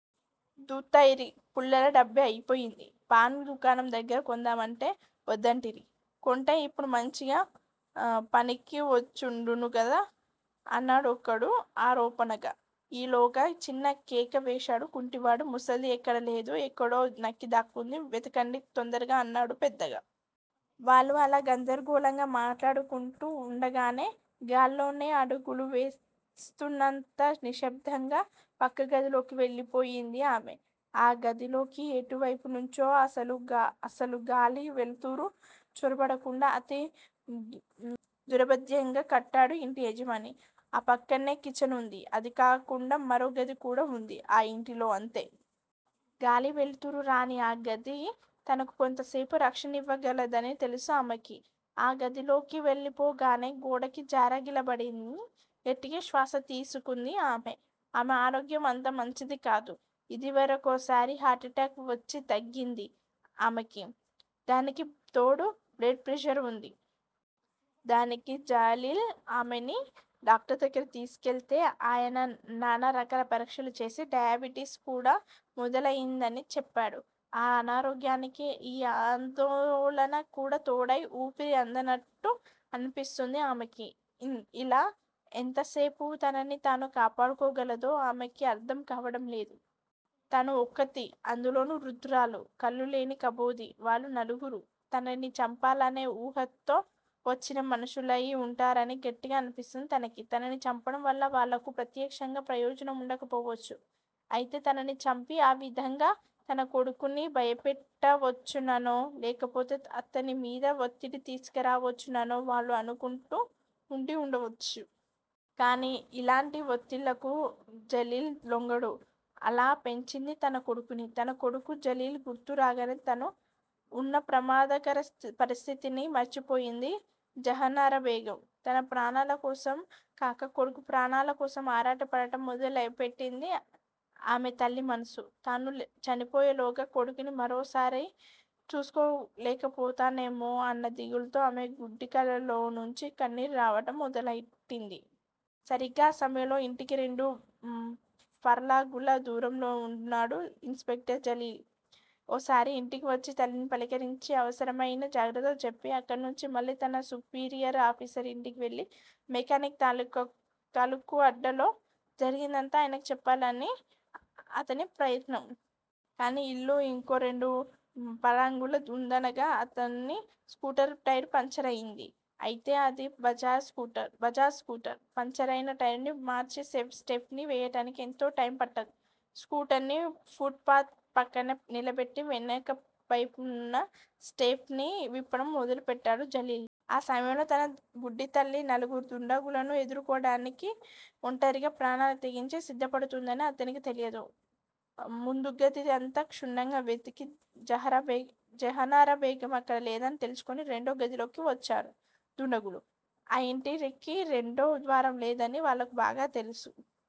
ధూత్తెరీ! పుల్లల డబ్బీ అయిపోయింది! పాన్ దుకాణం దగ్గర కొందామంటే వద్దంటిరి! కొంటే ఇప్పుడు మంచిగ పనికి వచ్చుండును గదా! అన్నాడొకడు ఆరోపణగా. ఈ లోగా చిన్న కేక వేశాడు కుంటివాడు ముసల్ది ఇక్కడ లేదు! ఎక్కడో నక్కి దాక్కుంది! వెదకండి! తొందరగా! అన్నాడు పెద్దగా. వాళ్ళు అలా గందరగోళంగా మాట్లాడుకుంటూ ఉండగానే గాల్లోనే అడుగులు వేస్తున్నంత నిశ్శబ్దంగా పక్క గదిలోకి వెళ్ళిపోయింది ఆమె. ఆ గదిలోకి ఎటు వైపునుంచీ కూడా అసలు గాలీ వెలుతురూ చొరబడకుండా అతి దుర్బేధ్యంగా కట్టాడు ఇంటి యజమాని. ఆపక్కనే కిచెన్ వుంది. అది కాకుండా మరో గది కూడా వుంది ఆ ఇంటిలో అంతే! గాలి వెలుతురూ రాని ఆ గది తనకు కొంతసేపు రక్షణనివ్వ గలదని తెలుసు ఆమెకి! ఆ గదిలోకి వెళ్ళిపోగానే గోడకి జారగిలబడి గట్టిగా శ్వాస తీసుకుంది ఆమె. ఆమె ఆరోగ్యం అంత మంచిది కాదు. ఇదివరకోసారి హార్టు ఎటాక్ వచ్చి తగ్గింది ఆమెకి. దానికి తోడు బ్లడ్ ప్రెషర్ వుంది. దానికి జలీల్ ఆమెని డాక్టర్ దగ్గరికి తీసుకెళ్తే అయన నానారకాల పరీక్షలు చేసి డయాబిటిస్ కూడా మొదలయిందని చెప్పాడు. ఆ అనారోగ్యానికి ఈ ఆందోళన కూడా తోడయి ఊపిరి అందనట్టు అనిపిస్తోంది ఆమెకి. ఇలా ఎంతసేపు తనని తాను కాపాడుకోగలదో ఆమెకి అర్ధం కావడం లేదు. తను ఒక్కతి. అందులోనూ వృద్దురాలు! కళ్ళులేని కబోది. వాళ్ళు నలుగురు! తనని చంపాలనే ఊహతో వచ్చిన మనుషులయి వుంటారని గట్టిగా అనిపిస్తోంది తనకి! తనని చంపడం వల్ల వాళ్ళకు ప్రత్యక్షంగా ప్రయోజనం వుండక పోవచ్చు. అయితే తనని చంపి ఆ విధంగా తన కొడుకుని భయపెట్ట వచ్చుననో లేకపోతే అతనిమీద వత్తిడి తీసుకురావచ్చుననో వాళ్ళు అనుకుంటూ ఉండి వుండవచ్చు. కానీ ఇలాంటి వత్తిళ్ళకు జలీల్ లొంగడు! అలా పెంచింది తన కొడుకుని! తన కొడుకు జలీల్ గుర్తు రాగానే తను ఉన్న ప్రమాదకర పరిస్థితిని మర్చిపోయింది జహనారా బేగం! తన ప్రాణాలకోసం కాక కొడుకు ప్రాణాలకోసం ఆరాటపడటం మొదలెట్టింది ఆమె తల్లి మనసు. తను చనిపోయేలోగా కొడుకుని మరొక్కసారి చూసుకోలేకపోతానేమో అన్న దిగులుతో ఆమె గుడ్డి కళ్ళలోనుంచి కన్నీరు కారడం మొదలెట్టింది. సరిగ్గా ఆ సమయంలో ఇంటికి రెండు ఫర్లాంగుల దూరంలోనే వున్నాడు ఇన్ స్పెక్టర్ జలీల్. ఓసారి ఇంటికి వచ్చి తల్లిని పలకరించి అవసరమయిన జాగ్రత్తలు చెప్పి అక్కడుంచి మళ్ళీ తన సుపీరియర్ ఆఫీసర్ ఇంటికి వెళ్ళి మెకానిక్ తాలూకు అడ్డాలో జరిగినదంతా ఆయనకు చెప్పాలని అతని ప్రయత్నం. కానీ ఇల్లు ఇంకో రెండు ఫర్లాంగులు ఉందనగా అతని స్కూటర్ టైరు పంక్చరయింది. అయితే అది బజాజ్ స్కూటర్. పంక్చరయిన టైరుని మార్చి స్టెప్నీ వెయ్యడానికి ఎంతో టైం పట్టదు. స్కూటర్ ని ఫుట్ పాత్ పక్కన నిలబెట్టి వెనకవైపు వున్న స్టెప్నీ విప్పడం మొదలుపెట్టాడు జలీల్. ఆ సమయంలో తన గుడ్డి తల్లి నలుగురు దుండగులను ఎదుర్కోవడానికి ఒంటరిగా ప్రాణాలకు తెగించి సిద్దపడుతుందని అతనికి తెలియదు! ముందుగది అంతా క్షుణ్ణంగా వెదికి జహనారా బేగం అక్కడ లేదని తేల్చుకుని రెండో గదిలోకి వచ్చారు దుండగులు. ఆ ఇంటికి రెండో ద్వారం లేదని వాళ్ళకు బాగా తెలుసు.